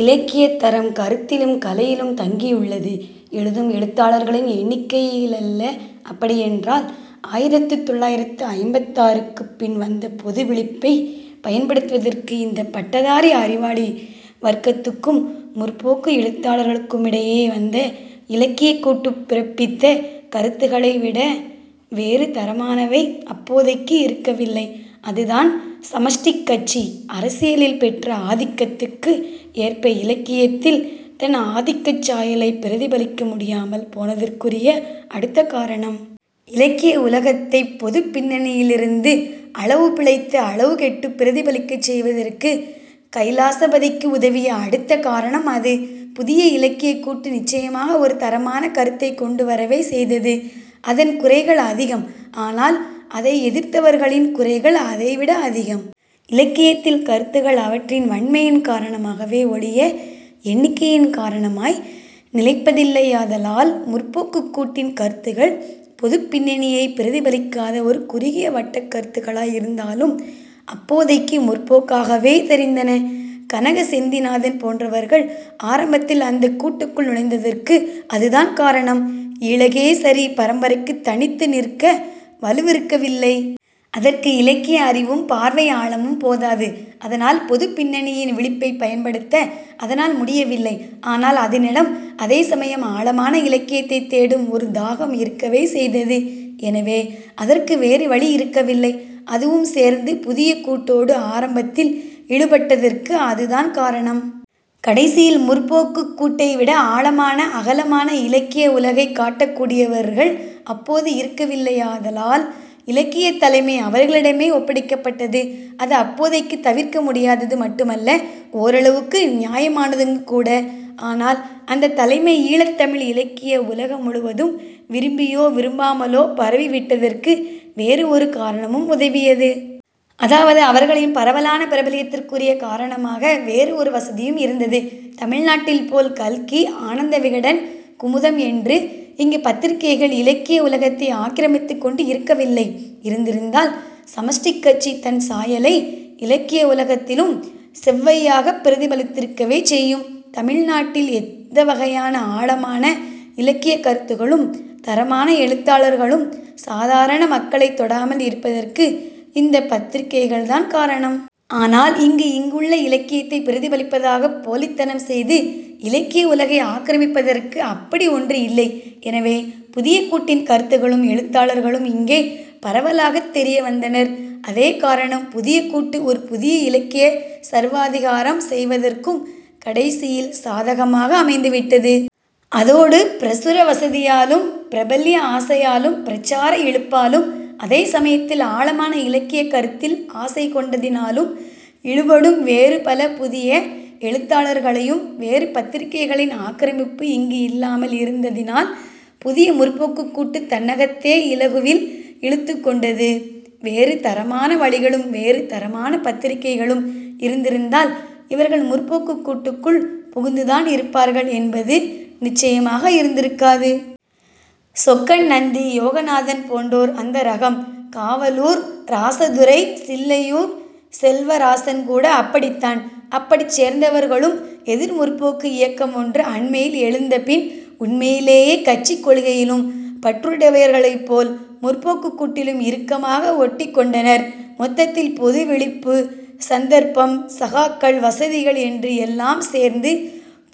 இலக்கியத் தரம் கருத்திலும் கலையிலும் தங்கியுள்ளது. எழுதும் எழுத்தாளர்களின் எண்ணிக்கையிலல்ல. அப்படியென்றால் ஆயிரத்துத் தொள்ளாயிரத்து ஐம்பத்தாறுக்குப் பின் வந்த பொது விழிப்பைப் பயன்படுத்துவதற்கு இந்தப் பட்டதாரி அறிவாளி வர்க்கத்துக்கும் 'முற்போக்கு' எழுத்தாளர்களுக்குமிடையே வந்த இலக்கியக் கூட்டு பிறப்பித்த கருத்துகளைவிட வேறு தரமானவை அப்போதைக்கு இருக்கவில்லை. அதுதான் சமஷ்டிக் கட்சி அரசியலில் பெற்ற ஆதிக்கத்துக்கு ஏற்ப இலக்கியத்தில் தன் ஆதிக்கச் சாயலைப் பிரதிபலிக்க முடியாமல் போனதற்குரிய அடுத்த காரணம். இலக்கிய உலகத்தைப் பொதுப் பின்னணியிலிருந்து, அளவுபிழைத்து அளவு கெட்டுப் பிரதிபலிக்கச் செய்வதற்கு கைலாசபதிக்கு உதவிய அடுத்த காரணம் அது. புதிய இலக்கியக் கூட்டு நிச்சயமாக ஒரு தரமான கருத்தைக் கொண்டு வரவே செய்தது. அதன் குறைகள் அதிகம். ஆனால், அதை எதிர்த்தவர்களின் குறைகள் அதைவிட அதிகம். இலக்கியத்தில் கருத்துகள் அவற்றின் வன்மையின் காரணமாகவே ஒழிய எண்ணிக்கையின் காரணமாய் நிலைப்பதில்லையாதலால் 'முற்போக்கு'க் கூட்டின் கருத்துகள் பொதுப் பின்னணியைப் பிரதிபலிக்காத ஒரு குறுகிய வட்டக் கருத்துகளாய் இருந்தாலும் அப்போதைக்கு முற்போக்காகவே தெரிந்தன. கனக செந்திநாதன் போன்றவர்கள் ஆரம்பத்தில் அந்தக் கூட்டுக்குள் நுழைந்ததற்கு அதுதான் காரணம். ஈழகேசரி பரம்பரைக்குத் தனித்து நிற்க வலுவிருக்கவில்லை. அதற்கு இலக்கிய அறிவும் பார்வை ஆழமும் போதாது. அதனால் பொதுப் பின்னணியின் விழிப்பைப் பயன்படுத்த அதனால் முடியவில்லை. ஆனால் அதனிடம் அதேசமயம் ஆழமான இலக்கியத்தைத் தேடும் ஒரு தாகம் இருக்கவே செய்தது. எனவே அதற்கு வேறு வழி இருக்கவில்லை. அதுவும் சேர்ந்து புதிய கூட்டோடு ஆரம்பத்தில் இழுபட்டதற்கு அதுதான் காரணம். கடைசியில் 'முற்போக்கு'க் கூட்டைவிட ஆழமான, அகலமான இலக்கிய உலகைக் காட்டக் கூடியவர்கள் அப்போது இருக்கவில்லையாதலால் இலக்கியத் தலைமை அவர்களிடமே ஒப்படைக்கப்பட்டது. அது அப்போதைக்குத் தவிர்க்க முடியாதது மட்டுமல்ல, ஓரளவுக்கு நியாயமானதுங்கூட. ஆனால் அந்தத் தலைமை ஈழத் தமிழ் இலக்கிய உலகம் முழுவதும் விரும்பியோ விரும்பாமலோ பரவிவிட்டதற்கு வேறு ஒரு காரணமும் உதவியது. அதாவது, அவர்களின் பரவலான பிரபல்யத்திற்குரிய காரணமாக வேறு ஒரு வசதியும் இருந்தது. தமிழ்நாட்டில்போல் கல்கி, ஆனந்தவிகடன், குமுதம் என்று இங்கு பத்திரிகைகள் இலக்கிய உலகத்தை ஆக்கிரமித்துக்கொண்டு இருக்கவில்லை, இருந்திருந்தால் சமஷ்டிக் கட்சி தன் சாயலை இலக்கிய உலகத்திலும் செவ்வையாகப் பிரதிபலித்திருக்கவே செய்யும். தமிழ்நாட்டில் எந்தவகையான ஆழமான இலக்கியக் கருத்துகளும் தரமான எழுத்தாளர்களும் சாதாரண மக்களைத் தொடாமல் இருப்பதற்கு இந்தப் பத்திரிகைகள்தான் காரணம். ஆனால் இங்கு, இங்குள்ள இலக்கியத்தைப் பிரதிபலிப்பதாகப் போலித்தனம் செய்து இலக்கிய உலகை ஆக்கிரமிப்பதற்கு அப்படி ஒன்று இல்லை. எனவே, புதிய கூட்டின் கருத்துகளும் எழுத்தாளர்களும் இங்கே பரவலாகத் தெரிய வந்தனர். அதே காரணம் புதிய கூட்டு ஒரு புதிய இலக்கியச் சர்வாதிகாரம் செய்வதற்கும் கடைசியில் சாதகமாக அமைந்துவிட்டது. அதோடு பிரசுர வசதியாலும் பிரபல்ய ஆசையாலும் பிரச்சார இழுப்பாலும் அதே சமயத்தில் ஆழமான இலக்கியக் கருத்தில் ஆசை கொண்டதினாலும் இழுபடும் வேறு பல புதிய எழுத்தாளர்களையும், வேறு பத்திரிகைகளின் ஆக்கிரமிப்பு இங்கு இல்லாமல் இருந்ததினால், புதிய 'முற்போக்கு'க் கூட்டு தன்னகத்தே இலகுவில் இழுத்துக்கொண்டது. வேறு தரமான வழிகளும் வேறு தரமான பத்திரிகைகளும் இருந்திருந்தால் இவர்கள் 'முற்போக்கு'க் கூட்டுக்குள் புகுந்துதான் இருப்பார்கள் என்பது நிச்சயமாக இருந்திருக்காது. சொக்கன், நந்தி, யோகநாதன் போன்றோர் அந்த ரகம். காவலூர் ராசதுரை, சில்லையூர் செல்வராசன்கூட அப்படித்தான். அப்படிச் சேர்ந்தவர்களும் எதிர் 'முற்போக்கு' இயக்கம் ஒன்று அண்மையில் எழுந்தபின் உண்மையிலேயே கட்சிக் கொள்கையிலும் பற்றுடையவர்கள்போல் 'முற்போக்கு'க் கூட்டில் இறுக்கமாக ஒட்டிக்கொண்டனர். மொத்தத்தில் பொதுவிழிப்பு, சந்தர்ப்பம், சகாக்கள், வசதிகள் என்று எல்லாம் சேர்ந்து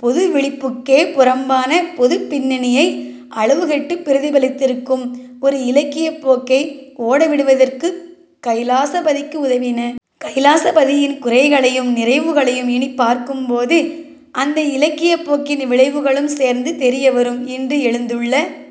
பொது விழிப்புக்கே புறம்பான, பொதுப் பின்னணியை அளவு கெட்டுப் பிரதிபலித்திருக்கும் ஒரு இலக்கியப் போக்கை ஓடவிடுவதற்குக் கைலாசபதிக்கு உதவின. கைலாசபதியின் குறைகளையும் நிறைவுகளையும் இனிப் பார்க்கும்போது அந்த இலக்கியப் போக்கின் விளைவுகளும் சேர்ந்து தெரியவரும். இன்று எழுந்துள்ள